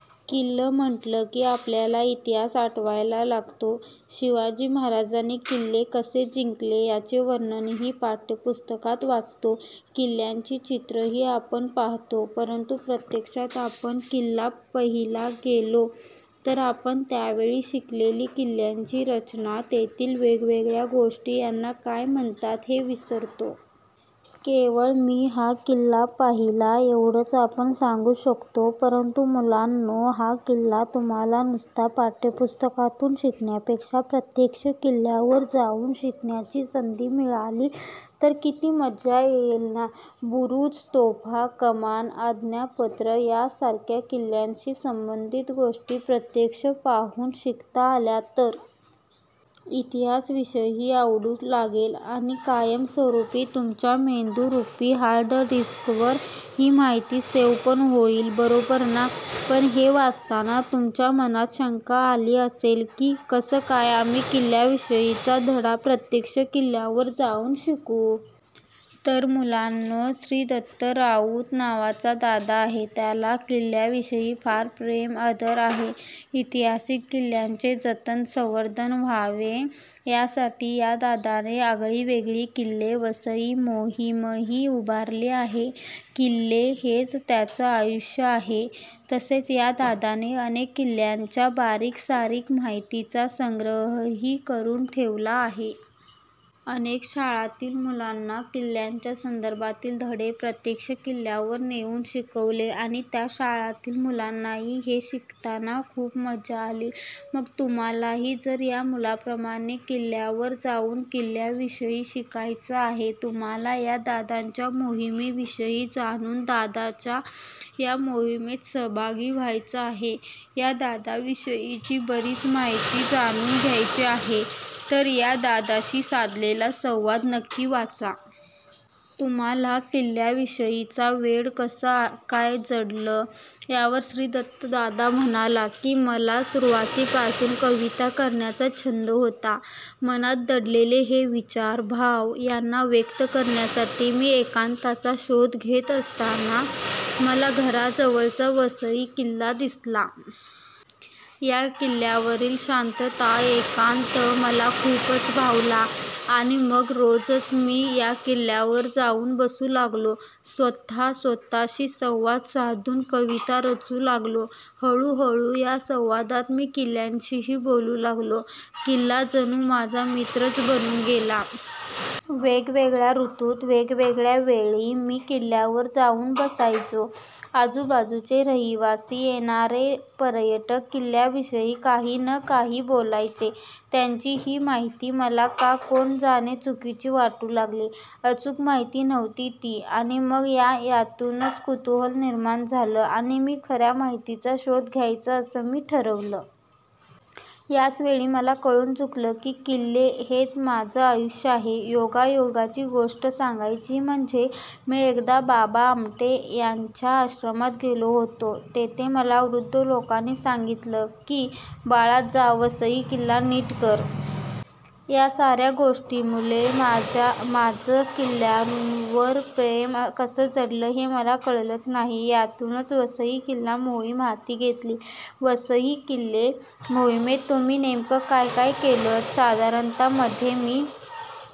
किल्ला म्हटलं की आपल्याला इतिहास आठवयाला लागतो. शिवाजी महाराजांनी किल्ले कसे जिंकले याचे वर्णनही पाठ्यपुस्तकात वाचतो, किल्ल्यांची चित्रही आपण पाहतो. परंतु प्रत्यक्षात आपण किल्ला पहिला गेलो तर आपण त्यावेळी शिकलेली किल्ल्याची रचना, तेथील वेगवेगळ्या गोष्टी यांना काय म्हणतात हे विसरतो. केवळ मी हा किल्ला पाहिला एवढंच आपण सांगू शकतो. परंतु मुलांनो, हा किल्ला तुम्हांला नुसता पाठ्यपुस्तकातून शिकण्यापेक्षा प्रत्यक्ष किल्ल्यावर जाऊन शिकण्याची संधी मिळाली तर... किती मजा येईल ना! बुरुज, तोफा, कमान, आज्ञापत्र ह्या सारख्या किल्ल्याशी संबधित गोष्टी प्रत्यक्ष पाहून शिकता आल्या तर... इतिहास विषयही आवडू लागेल आणि कायमस्वरूपी तुमच्या मेंदुरूपी हार्डडिस्कवर ही माहिती सेव्ह पण होईल बरोबर ना! पण हे वाचताना तुमच्या मनात शंका आली असेल की, कसं काय आम्ही किल्ल्याविषयीचा धडा प्रत्यक्ष किल्ल्यावर जाऊन शिकू? तर मुलांनो, श्रीदत्त राऊत नावाचा दादा आहे. त्याला किल्ल्याविषयी फार प्रेम, आदर आहे. ऐतिहासिक किल्ल्यांचे जतन-संवर्धन व्हावे यासाठी या दादाने आगळी-वेगळी 'किल्ले वसई मोहीमही उभारली आहे. किल्ले हेच त्याचं आयुष्य आहे. तसेच या दादाने अनेक किल्ल्यांच्या बारीक- सारीक माहितीचा संग्रहही करून ठेवला आहे. अनेक शाळांतील मुलांना किल्ल्याच्या संदर्भातील धडे प्रत्यक्ष किल्ल्यावर नेवून शिकवले. आणि त्या शाळांतील मुलांनाही हे शिकताना खूप मजा आली. मग तुम्हांलाही जर या मुलांप्रमाणे किल्ल्यावर जाऊन किल्ल्याविषयी शिकायचं आहे, तुम्हांला या दादाच्या मोहिमेविषयी जाणून दादाच्या या मोहिमेत सहभागी व्हायचं आहे, या दादाविषयीची बरीच माहिती जाणून घ्यायची आहे तर या दादाशी साधलेला सवांद नक्की वाचा! तुम्हाला किल्ल्याविषयीचं वेड कसं काय जडलं? यावर श्रीदत्त दादा म्हणाला की, 'मला सुरुवातीपासून कविता करण्याचा छंद होता. मनात दडलेले हे विचार, भाव यांना व्यक्त करण्यासाठी मी एकांताचा शोध घेत असताना मला घराजवळचा वसई किल्ला दिसला. या किल्यावरील शांतता, एकांत मला खूपच भावला. आणि मग रोजच मी या किल्ल्यावर जाऊन बसू लागलो. स्वतः स्वतःशी सवांद साधून कविता रचू लागलो. हळूहळू या संवादात मी किल्ल्याशीही बोलू लागलो. किल्ला जणू माझा मित्रच बनून गेला. वेगवेगळ्या ऋतूत, वेगवेगळ्या वेळी मी किल्ल्यावर जाऊन बसायचो. आजुबाजुचे रहिवासी, येणारे पर्यटक किल्ल्याविषयी काही न काही बोलायचे. त्यांची ही माहिती मला का कोण जाने चुकीची वाटू लागली. अचूक माहिती नव्हती ती. आणि मग यातूनच कुतूहल निर्माण झालं आणि मी खऱ्या माहितीचा शोध घ्यायचा असं मी ठरवलं. याच वेळी मला कळून चुकलं की किल्ले हेच माझं आयुष्य आहे. योगायोगाची गोष्ट सांगायची म्हणजे मी एकदा बाबा आमटे यांच्या आश्रमात गेलो होतो. तेथे मला वृद्ध लोकांनी सांगितलं की बाळा जा वसई किल्ला नीट कर. या साऱ्या गोष्टीमुले माझं किल्ल्यावर प्रेम कसं जडलं हे मला कळलंच नाही. यातूनच वसई किल्ला मोहीम हाती घेतली. वसई किल्ले मोहिमेत तुम्ही नेमकं काय काय केलंत? साधारणतः मध्ये मी